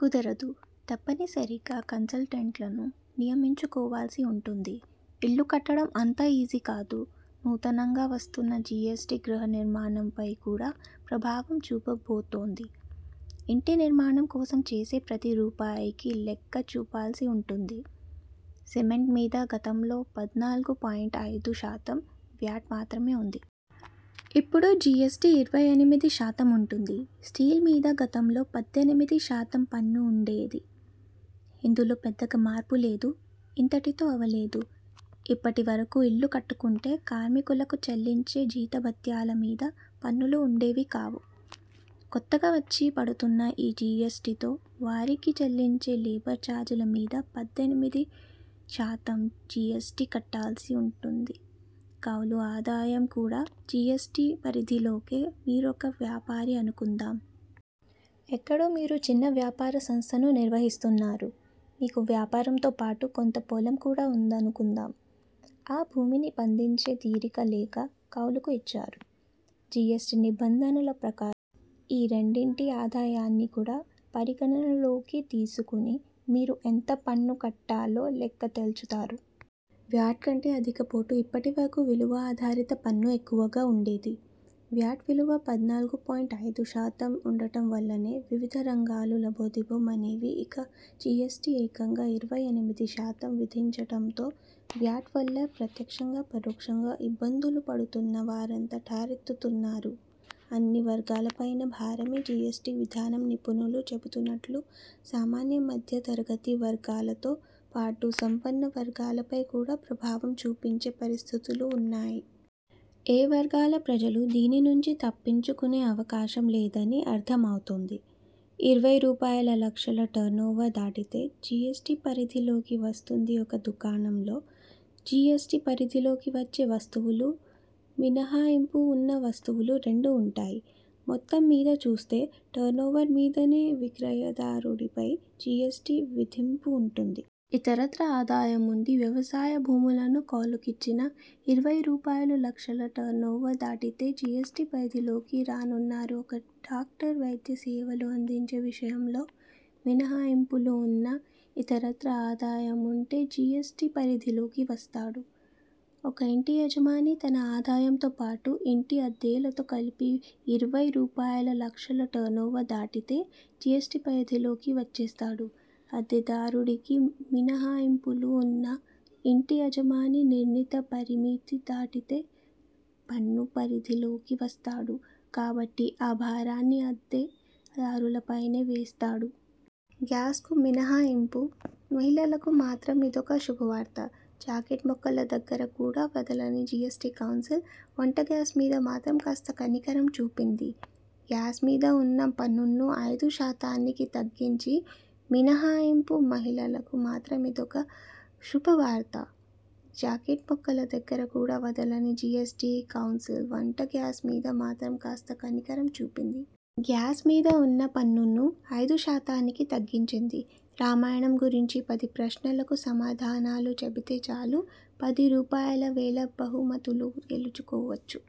కుదరదు, తప్పనిసరిగా కన్సల్టెంట్లను నియమించుకోవాల్సి ఉంటుంది. ఇల్లు కట్టడం అంత ఈజీ కాదు నూతనంగా వస్తున్న జీఎస్టీ గృహ నిర్మాణం పయి కూడా ప్రభావం చూపబోతోంది. ఇంటి నిర్మాణం కోసం చేసే ప్రతి రూపాయికి లెక్క చూపాల్సి ఉంటుంది. సిమెంట్ మీద గతంలో పద్నాలుగు పాయింట్ ఐదు శాతం వ్యాట్ మాత్రమే ఉంది. ఇపుడు జీఎస్టీ ఇరవై ఎనిమిది శాతం ఉంటుంది. స్టీల్ మీద గతంలో పద్దెనిమిది శాతం పన్ను ఉండేది. ఇందులో పెద్దగా మార్పు లేదు. ఇంతటితో అవలేదు. ఇప్పటి వరకు ఇల్లు కట్టుకుంటే కార్మికులకు చెల్లించే జీతభత్యాల మీద పన్నులు ఉండేవి కావు. కొత్తగా వచ్చి పడుతున్న ఈ జీఎస్టీతో వారికి చెల్లించే లేబర్ చార్జీల మీద పద్దెనిమిది శాతం జీఎస్టీ కట్టాల్సి ఉంటుంది కౌలు ఆదాయం కూడా జీఎస్టీ పరిధిలోకే మీరొక వ్యాపారి అనుకుంటాం. ఎక్కడో మీరు చిన్న వ్యాపార సంస్థను నిర్వహిస్తున్నారు. మీకు వ్యాపారంతో పాటు కొంత పొలం కూడా ఉందనుకుందాం. ఆ భూమిని పండించే తీరిక లేక కౌలుకు ఇచ్చారు. జీఎస్టీ నిబంధనల ప్రకారం ఈ రెండింటి ఆదాయాన్ని కూడా పరిగణనలోకి తీసుకుని మీరు ఎంత పన్ను కట్టాలో లెక్క తేల్చుతారు. వ్యాట్ కంటే అధికపోటు ఇప్పటి వరకు విలువ ఆధారిత పన్ను ఎక్కువగా ఉండేది. వ్యాట్ విలువ పద్నాలుగు పాయింట్ ఐదు శాతం ఉండటం వల్లనే వివిధ రంగాలు లబోదిబో మనేవి ఇక జీఎస్టీ ఏకంగా ఇరవై ఎనిమిది శాతం విధించటంతో వ్యాట్ వల్ల ప్రత్యక్షంగా, పరోక్షంగా ఇబ్బందులు పడుతున్న వారంతా ఠారెత్తుతున్నారు అన్ని వర్గాలపైనా భారమే జీఎస్టీ విధానం నిపుణులు చెబుతున్నట్టు సామాన్య, మధ్య తరగతి వర్గాలతో పాటు సంపన్న వర్గాలపై కూడా ప్రభావం చూపించే పరిస్థితులు ఉన్నాయి. ఏ వర్గాల ప్రజలూ దీని నుంచి తప్పించుకునే అవకాశం లేదని అర్థమవుతోంది. ఇరవై రూపాయల లక్షల టర్నోవర్ దాటితే జీఎస్టీ పరిధిలోకి వస్తుంది ఒక దుకాణంలో జీఎస్టీ పరిధిలోకి వచ్చే వస్తువులూ, మినహాయింపు ఉన్న వస్తువులు రెండూ ఉంటాయి. మొత్తం మీదా చూస్తే టర్నోవర్ మీదనే విక్రయదారుడిపై జీఎస్టీ విధింపు ఉంటుంది. ఇతరత్రా ఆదాయం ఉండి వ్యవసాయ భూములను కౌలుకిచ్చినా ఇరవై రూపాయలులక్షల టర్నోవర్ దాటితే జీఎస్టీ పరిధిలోకి రానున్నారు ఒక డాక్టర్ వైద్య సేవలు అందించే విషయంలో మినహాయింపులు ఉన్నా ఇతరత్రా ఆదాయం ఉంటే జీఎస్టీ పరిధిలోకి వస్తాడు. ఒక ఇంటి యజమాని తన ఆదాయంతో పాటు ఇంటి అద్దెలతో కలిపి ఇరవై రూపాయల లక్షల టర్నోవర్ దాటితే జీఎస్టీ పరిధిలోకి వచ్చేస్తాడు అద్దె దారుడికి మినహాయింపులు ఉన్నా ఇంటి యజమాని నిర్ణీత పరిమితి దాటితే పన్ను పరిధిలోకి వస్తాడు కాబట్టి ఆ భారాన్ని అద్దె దారులపైనే వేస్తాడు. గ్యాస్కు మినహాయింపు మహిళలకు మాత్రం ఇదొక శుభవార్త. జాకెట్ ముక్కల దగ్గర కూడా వదలని జీఎస్టీ కౌన్సిల్ వంట గ్యాస్ మీద మాత్రం కాస్త కనికరం చూపింది. గ్యాస్ మీద ఉన్న పన్నును ఐదు శాతానికి తగ్గించింది మినహాయింపు మహిళలకు మాత్రం ఇదొక శుభవార్త. జాకెట్ ముక్కల దగ్గర కూడా వదలని జీఎస్టీ కౌన్సిల్ వంట గ్యాస్ మీద మాత్రం కాస్త కనికరం చూపింది. గ్యాస్ మీద ఉన్న పన్నును ఐదు శాతానికి తగ్గించింది. రామాయణం గురించి పది ప్రశ్నలకు సమాధానాలు చెబితే చాలు పది రూపాయల వేల బహుమతులు గెలుచుకోవచ్చు